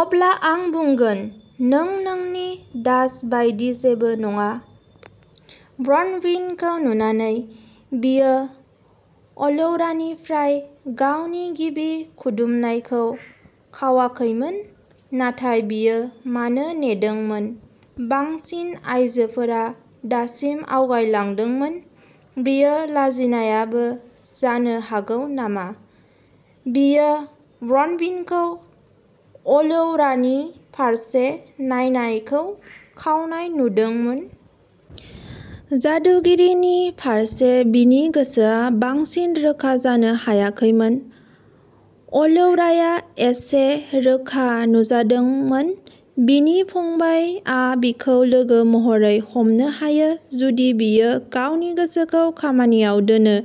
"अब्ला आं बुंगोन नों नोंनि दास बायदि जेबो नङा। " ब्रनविनखौ नुनानै, बियो अलौरानिफ्राय गावनि गिबि खुदुमनायखौ खावाखैमोन। नाथाय बियो मानो नेदोंमोन; बांसिन आइजोफोरा दासिम आवगायलांदोंमोन। बेयो लाजिनायाबो जानो हागौ नामा? बियो ब्रनविनखौ अलौरानि फारसे नायनायखौ खावनाय नुदोंमोन। जादुगिरिनि फारसे बिनि गोसोआ बांसिन रोखा जानो हायाखैमोन। अलौराया एसे रोखा नुजादोंमोन। बिनि फंबायआ बिखौ लोगो महरै हमनो हायो जुदि बियो गावनि गोसोखौ खामानियाव दोनो,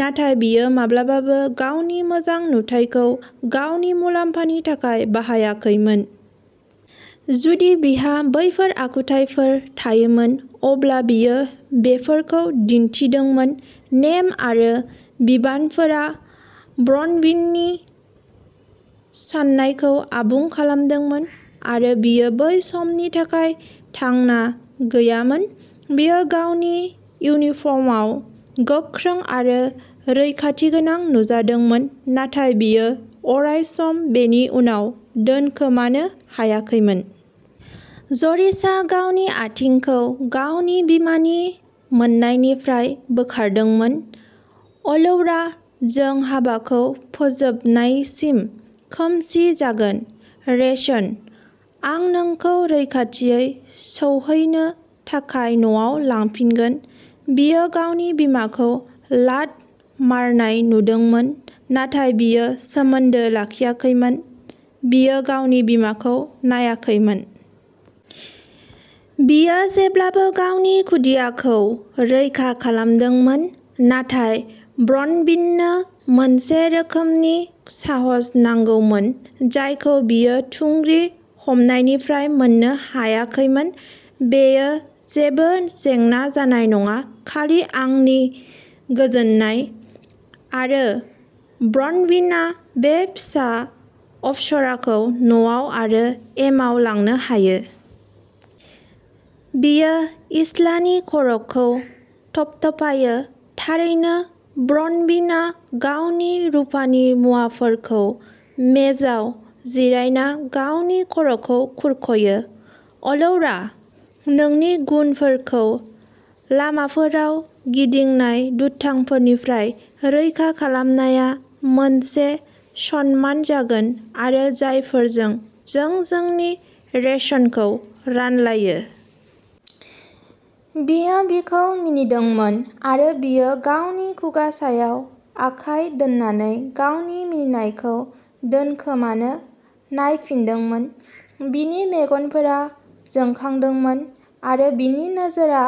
नाथाय बियो माब्लाबाबो गावनि मोजां नुथायखौ गावनि मुलाम्फानि थाखाय बाहायाखैमोन। जुदि बिहा बैफोर आखुथायफोर थायोमोन, अब्ला बियो बेफोरखौ दिन्थिदोंमोन। नेम आरो बिबानफोरा ब्रनविननि साननायखौ आबुं खालामदोंमोन, आरो बियो बै समनि थाखाय थांना गैयामोन। बियो गावनि इउनिफर्मआव गोख्रों आरो रैखाथिगोनां नुजादोंमोन, नाथाय बियो अरायसम बेनि उनाव दोनखोमानो हायाखैमोन। ज'रिसआ गावनि आथिंखौ गावनि बिमानि मोननायनिफ्राय बोखारदोंमोन। "अलौरा, जों हाबाखौ फोजोबनायसिम खोमसि जागोन। रेशन। आं नोंखौ रैखाथियै सौहैनो थाखाय न'आव लांफिनगोन। "बियो गावनि बिमाखौ लात मारनाय नुदोंमोन, नाथाय बियो सोमोन्दो लाखियाखैमोन। बियो गावनि बिमाखौ नायाखैमोन। बियो जेब्लाबो गावनि खुदियाखौ रैखा खालामदोंमोन, नाथाय ब्रनविननो मोनसे रोखोमनि साहस नांगौमोन जायखौ बियो थुंग्रि हमनायनिफ्राय मोननो हायाखैमोन। " बेयो जेबो जेंना जानाय नङा, खालि आंनि गोजोननाय। आरो ब्रनविनआ बे फिसा अप्सराखौ न'आव आरो एमाव लांनो हायो। "बियो इस्लानि खर'खौ थपथपायो। " थारैनो। "ब्रनविनआ गावनि रुफानि मुवाफोरखौ मेजआव जिरायना गावनि खर'खौ खुरख'यो। " अलौरा, नोंनि गुनफोरखौ लामाफोराव गिदिंनाय दुथांफोरनिफ्राय रैखा खालामनाया मोनसे सनमान जागोन आरो जायफोरजों जों जोंनि रेशनखौ रानलायो। "बियो बिखौ मिनिदोंमोन, आरो बियो गावनि खुगा सायाव आखाय दोननानै गावनि मिनिनायखौ दोनखोमानो नायफिनदोंमोन। बिनि मेगनफोरा जोंखांदोंमोन, आरो बिनि नोजोरआ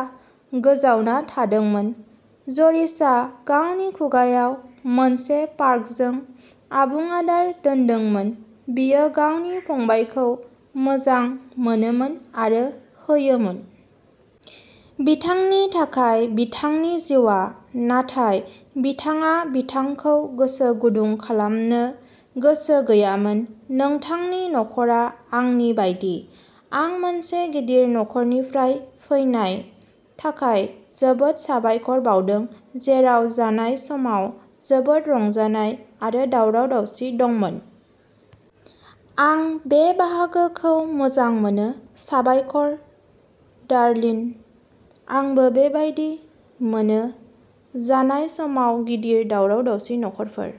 गोजावना थादोंमोन। ज'रिसआ गावनि खुगाआव मोनसे फार्कजों आबुं आदार दोनदोंमोन। बियो गावनि फंबायखौ मोजां मोनोमोन आरो होयोमोन। बिथांनि थाखाय बिथांनि जिउआ, नाथाय बिथाङा बिथांखौ गोसो गुदुं खालामनो गोसो गैयामोन। नोंथांनि नख'रा आंनि बायदि। आं मोनसे गिदिर नख'रनिफ्राय फैनाय थाखाय जोबोद साबायखर बावदों, जेराव जानाय समाव जोबोद रंजानाय आरो दावराव-दावसि दंमोन। आं बे बाहागोखौ मोजां मोनो! साबायखर, डार्लिन। आंबो बेबादि मोनोः जानाय समाव गिदिर, दावराव-दावसि नखरफोर।